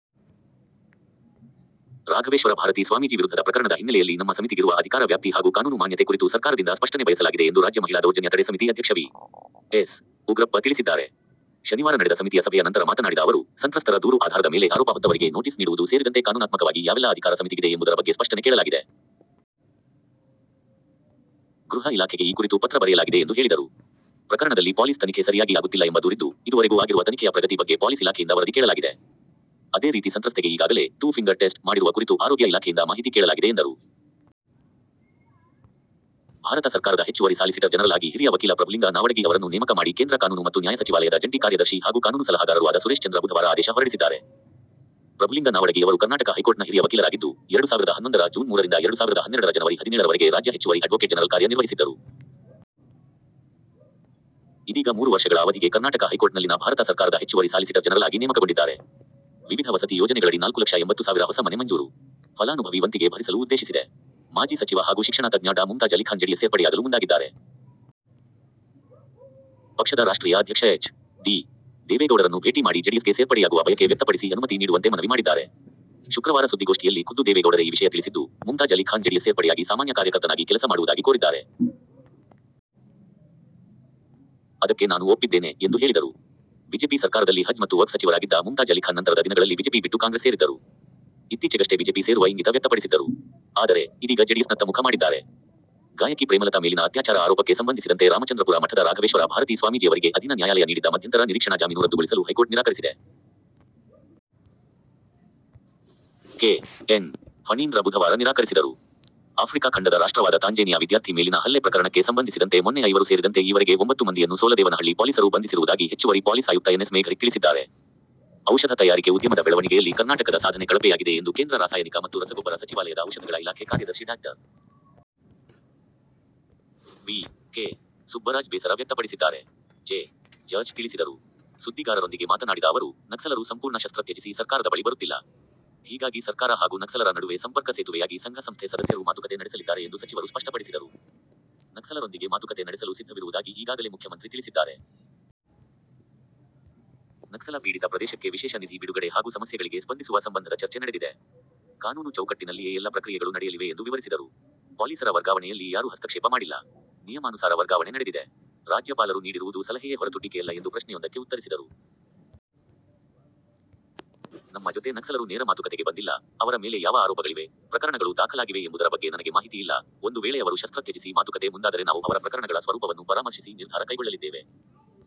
ರಾಘವೇಶ್ವರ ಭಾರತಿ ಸ್ವಾಮೀಜಿ ವಿರುದ್ಧದ ಪ್ರಕರಣದ ಹಿನ್ನೆಲೆಯಲ್ಲಿ ನಮ್ಮ ಸಮಿತಿಗಿರುವ ಅಧಿಕಾರ ವ್ಯಾಪ್ತಿ ಹಾಗೂ ಕಾನೂನು ಮಾನ್ಯತೆ ಕುರಿತು ಸರ್ಕಾರದಿಂದ ಸ್ಪಷ್ಟನೆ ಬಯಸಲಾಗಿದೆ ಎಂದು ರಾಜ್ಯ ಮಹಿಳಾ ದೌರ್ಜನ್ಯ ತಡೆ ಸಮಿತಿ ಅಧ್ಯಕ್ಷ ವಿ. ಎಸ್. ಉಗ್ರಪ್ಪ ತಿಳಿಸಿದ್ದಾರೆ. ಶನಿವಾರ ನಡೆದ ಸಮಿತಿಯ ಸಭೆಯ ನಂತರ ಮಾತನಾಡಿದ ಅವರು, ಸಂತ್ರಸ್ತರ ದೂರು ಆಧಾರದ ಮೇಲೆ ಆರೋಪ ಹೊತ್ತವರಿಗೆ ನೋಟಿಸ್ ನೀಡುವುದು ಸೇರಿದಂತೆ ಕಾನೂನಾತ್ಮಕವಾಗಿ ಯಾವೆಲ್ಲಾ ಅಧಿಕಾರ ಸಮಿತಿಗಿದೆ ಎಂಬುದರ ಬಗ್ಗೆ ಸ್ಪಷ್ಟನೆ ಕೇಳಲಾಗಿದೆ. ಗೃಹ ಇಲಾಖೆಗೆ ಈ ಕುರಿತು ಪತ್ರ ಬರೆಯಲಾಗಿದೆ ಎಂದು ಹೇಳಿದರು. ಪ್ರಕರಣದಲ್ಲಿ ಪೊಲೀಸ್ ತನಿಖೆ ಸರಿಯಾಗಿ ಆಗುತ್ತಿಲ್ಲ ಎಂಬ ದೂರಿದ್ದು, ಇದುವರೆಗೂ ಆಗಿರುವ ತನಿಖೆಯ ಪ್ರಗತಿ ಬಗ್ಗೆ ಪೊಲೀಸ್ ಇಲಾಖೆಯಿಂದ ವರದಿ ಕೇಳಲಾಗಿದೆ. ಅದೇ ರೀತಿ ಸಂತ್ರಸ್ತೆಗೆ ಈಗಾಗಲೇ "ಟೂ ಫಿಂಗರ್ ಟೆಸ್ಟ್' ಮಾಡಿರುವ ಕುರಿತು ಆರೋಗ್ಯ ಇಲಾಖೆಯಿಂದ ಮಾಹಿತಿ ಕೇಳಲಾಗಿದೆ ಎಂದರು. ಭಾರತ ಸರ್ಕಾರದ ಹೆಚ್ಚುವರಿ ಸಾಲಿಸಿಟರ್ ಜನರಲ್ ಆಗಿ ಹಿರಿಯ ವಕೀಲ ಪ್ರಭುಲಿಂಗ ನಾವಡಗಿ ಅವರನ್ನು ನೇಮಕ ಮಾಡಿ ಕೇಂದ್ರ ಕಾನೂನು ಮತ್ತು ನ್ಯಾಯ ಸಚಿವಾಲಯದ ಜಂಟಿ ಕಾರ್ಯದರ್ಶಿ ಹಾಗೂ ಕಾನೂನು ಸಲಹಾಗಾರರೂ ಆದ ಸುರೇಶ್ ಚಂದ್ರ ಬುಧವಾರ ಆದೇಶ ಹೊರಡಿಸಿದ್ದಾರೆ. ಪ್ರಭುಲಿಂಗ ನಾವಡಗಿ ಅವರು ಕರ್ನಾಟಕ ಹೈಕೋರ್ಟ್ನ ಹಿರಿಯ ವಕೀಲರಾಗಿದ್ದು, ಎರಡು ಸಾವಿರದ ಹನ್ನೊಂದರ ಜೂನ್ ಮೂರರಿಂದ ಎರಡು ಸಾವಿರದ ಹನ್ನೆರಡರ ಜನವರಿ ಹದಿನೇಳರವರೆಗೆ ರಾಜ್ಯ ಹೆಚ್ಚುವರಿ ಅಡ್ವೋಕೇಟ್ ಜನರಲ್ ಕಾರ್ಯ ನಿರ್ವಹಿಸಿದ್ದರು. ಇದೀಗ ಮೂರು ವರ್ಷಗಳ ಅವಧಿಗೆ ಕರ್ನಾಟಕ ಹೈಕೋರ್ಟ್ನಲ್ಲಿನ ಭಾರತ ಸರ್ಕಾರದ ಹೆಚ್ಚುವರಿ ಸಾಲಿಸಿಟರ್ ಜನರಲ್ ಆಗಿ ನೇಮಕಗೊಂಡಿದ್ದಾರೆ. ವಿವಿಧ ವಸತಿ ಯೋಜನೆಗಳಡಿ ನಾಲ್ಕುಲಕ್ಷ ಎಂಬತ್ತು ಸಾವಿರ ಹೊಸ ಮನೆ ಮಂಜೂರು. ಫಲಾನುಭವಿ ವಂತಿಗೆ ಭರಿಸಲು ಉದ್ದೇಶಿಸಿದೆ. ಮಾಜಿ ಸಚಿವ ಹಾಗೂ ಶಿಕ್ಷಣ ತಜ್ಞ ಡಾ ಮುಮ್ತಾಜ್ ಅಲಿಖಾನ್ ಜೆಡಿಎಸ್ ಸೇರ್ಪಡೆಯಾಗಲು ಮುಂದಾಗಿದ್ದಾರೆ. ಪಕ್ಷದ ರಾಷ್ಟ್ರೀಯ ಅಧ್ಯಕ್ಷ ಎಚ್. ಡಿ. ದೇವೇಗೌಡರನ್ನು ಭೇಟಿ ಮಾಡಿ ಜೆಡಿಎಸ್ಗೆ ಸೇರ್ಪಡೆಯಾಗುವ ಬಯಕೆ ವ್ಯಕ್ತಪಡಿಸಿ ಅನುಮತಿ ನೀಡುವಂತೆ ಮನವಿ ಮಾಡಿದ್ದಾರೆ. ಶುಕ್ರವಾರ ಸುದ್ದಿಗೋಷ್ಠಿಯಲ್ಲಿ ಖುದ್ದು ದೇವೇಗೌಡರೇ ಈ ವಿಷಯ ತಿಳಿಸಿದ್ದು, "ಮುಮ್ತಾಜ್ ಅಲಿ ಖಾನ್ ಜೆಡಿಎಸ್ ಸೇರ್ಪಡೆಯಾಗಿ ಸಾಮಾನ್ಯ ಕಾರ್ಯಕರ್ತನಾಗಿ ಕೆಲಸ ಮಾಡುವುದಾಗಿ ಕೋರಿದ್ದಾರೆ. ಅದಕ್ಕೆ ನಾನು ಒಪ್ಪಿದ್ದೇನೆ' ಎಂದು ಹೇಳಿದರು. ಬಿಜೆಪಿ ಸರ್ಕಾರದಲ್ಲಿ ಹಜ್ ಮತ್ತು ವಕ್ಫ್ ಸಚಿವರಾಗಿದ್ದ ಮುಮ್ತಾಜ್ ಅಲಿಖಾನ್ ನಂತರದ ದಿನಗಳಲ್ಲಿ ಬಿಜೆಪಿ ಬಿಟ್ಟು ಕಾಂಗ್ರೆಸ್ ಸೇರಿದ್ದರು. ಇತ್ತೀಚೆಗಷ್ಟೇ ಬಿಜೆಪಿ ಸೇರುವ ಇಂಗಿತ ವ್ಯಕ್ತಪಡಿಸಿದ್ದರು. ಆದರೆ, ಇದೀಗ ಜೆಡಿಎಸ್ನತ್ತ ಮುಖ ಮಾಡಿದ್ದಾರೆ. ಗಾಯಕಿ ಪ್ರೇಮಲತಾ ಮೇಲಿನ ಅತ್ಯಾಚಾರ ಆರೋಪಕ್ಕೆ ಸಂಬಂಧಿಸಿದಂತೆ ರಾಮಚಂದ್ರಪುರ ಮಠದ ರಾಘವೇಶ್ವರ ಭಾರತಿ ಸ್ವಾಮೀಜಿಯವರಿಗೆ ಅಧೀನ ನ್ಯಾಯಾಲಯ ನೀಡಿದ್ದ ಮಧ್ಯಂತರ ನಿರೀಕ್ಷಣಾ ಜಾಮೀನು ರದ್ದುಗೊಳಿಸಲು ಹೈಕೋರ್ಟ್ ನಿರಾಕರಿಸಿದೆ. ಕೆ. ಎನ್. ಫಣೀಂದ್ರ ಬುಧವಾರ ನಿರಾಕರಿಸಿದರು. ಆಫ್ರಿಕಾ ಖಂಡದ ರಾಷ್ಟ್ರವಾದ ತಾಂಜೇನಿಯಾ ವಿದ್ಯಾರ್ಥಿ ಮೇಲಿನ ಹಲ್ಲೆ ಪ್ರಕರಣಕ್ಕೆ ಸಂಬಂಧಿಸಿದಂತೆ ಮೊನ್ನೆ ಐವರು ಸೇರಿದಂತೆ ಈವರೆಗೆ ಒಂಬತ್ತು ಮಂದಿಯನ್ನು ಸೋಲದೇವನಹಳ್ಳಿ ಪೊಲೀಸರು ಬಂಧಿಸಿರುವುದಾಗಿ ಹೆಚ್ಚುವರಿ ಪೊಲೀಸ್ ಆಯುಕ್ತ ಎನ್ ಎಸ್ ಮೇಘರಿಕ್ ತಿಳಿಸಿದ್ದಾರೆ. ಔಷಧ ತಯಾರಿಕೆ ಉದ್ಯಮದ ಬೆಳವಣಿಗೆಯಲ್ಲಿ ಕರ್ನಾಟಕದ ಸಾಧನೆ ಕಳಪೆಯಾಗಿದೆ ಎಂದು ಕೇಂದ್ರ ರಾಸಾಯನಿಕ ಮತ್ತು ರಸಗೊಬ್ಬರ ಸಚಿವಾಲಯದ ಔಷಧಗಳ ಇಲಾಖೆ ಕಾರ್ಯದರ್ಶಿ ಡಾಕ್ಟರ್. ವಿ. ಕೆ. ಸುಬ್ಬರಾಜ್ ಬೇಸರ ವ್ಯಕ್ತಪಡಿಸಿದ್ದಾರೆ. ಜೆ. ಜಾರ್ಜ್ ತಿಳಿಸಿದರು. ಸುದ್ದಿಗಾರರೊಂದಿಗೆ ಮಾತನಾಡಿದ ಅವರು, ನಕ್ಸಲರು ಸಂಪೂರ್ಣ ಶಸ್ತ್ರ ತ್ಯಜಿಸಿ ಸರ್ಕಾರದ ಬಳಿ ಬರುತ್ತಿಲ್ಲ. ಹೀಗಾಗಿ ಸರ್ಕಾರ ಹಾಗೂ ನಕ್ಸಲರ ನಡುವೆ ಸಂಪರ್ಕ ಸೇತುವೆಯಾಗಿ ಸಂಘ-ಸಂಸ್ಥೆ ಸದಸ್ಯರು ಮಾತುಕತೆ ನಡೆಸಲಿದ್ದಾರೆ ಎಂದು ಸಚಿವರು ಸ್ಪಷ್ಟಪಡಿಸಿದರು. ನಕ್ಸಲರೊಂದಿಗೆ ಮಾತುಕತೆ ನಡೆಸಲು ಸಿದ್ಧವಿರುವುದಾಗಿ ಈಗಾಗಲೇ ಮುಖ್ಯಮಂತ್ರಿ ತಿಳಿಸಿದ್ದಾರೆ. ನಕ್ಸಲ ಪೀಡಿತ ಪ್ರದೇಶಕ್ಕೆ ವಿಶೇಷ ನಿಧಿ ಬಿಡುಗಡೆ ಹಾಗೂ ಸಮಸ್ಯೆಗಳಿಗೆ ಸ್ಪಂದಿಸುವ ಸಂಬಂಧದ ಚರ್ಚೆ ನಡೆದಿದೆ. ಕಾನೂನು ಚೌಕಟ್ಟಿನಲ್ಲಿಯೇ ಎಲ್ಲ ಪ್ರಕ್ರಿಯೆಗಳು ನಡೆಯಲಿವೆ ಎಂದು ವಿವರಿಸಿದರು. ಪೊಲೀಸರ ವರ್ಗಾವಣೆಯಲ್ಲಿ ಯಾರೂ ಹಸ್ತಕ್ಷೇಪ ಮಾಡಿಲ್ಲ. ನಿಯಮಾನುಸಾರ ವರ್ಗಾವಣೆ ನಡೆದಿದೆ. ರಾಜ್ಯಪಾಲರು ನೀಡಿರುವುದು ಸಲಹೆಯೇ ಹೊರತು ಟೀಕೆಯಲ್ಲ ಎಂದು ಪ್ರಶ್ನೆಯೊಂದಕ್ಕೆ ಉತ್ತರಿಸಿದರು. ನಮ್ಮ ಜೊತೆ ನಕ್ಸಲರು ನೇರ ಮಾತುಕತೆಗೆ ಬಂದಿಲ್ಲ, ಅವರ ಮೇಲೆ ಯಾವ ಆರೋಪಗಳಿವೆ, ಪ್ರಕರಣಗಳು ದಾಖಲಾಗಿವೆ ಎಂಬುದರ ಬಗ್ಗೆ ನನಗೆ ಮಾಹಿತಿ ಇಲ್ಲ, ಒಂದು ವೇಳೆ ಅವರು ಶಸ್ತ್ರ ತ್ಯಜಿಸಿ ಮಾತುಕತೆ ಮುಂದಾದರೆ ನಾವು ಅವರ ಪ್ರಕರಣಗಳ ಸ್ವರೂಪವನ್ನು ಪರಾಮರ್ಶಿಸಿ ನಿರ್ಧಾರ ಕೈಗೊಳ್ಳಲಿದ್ದೇವೆ.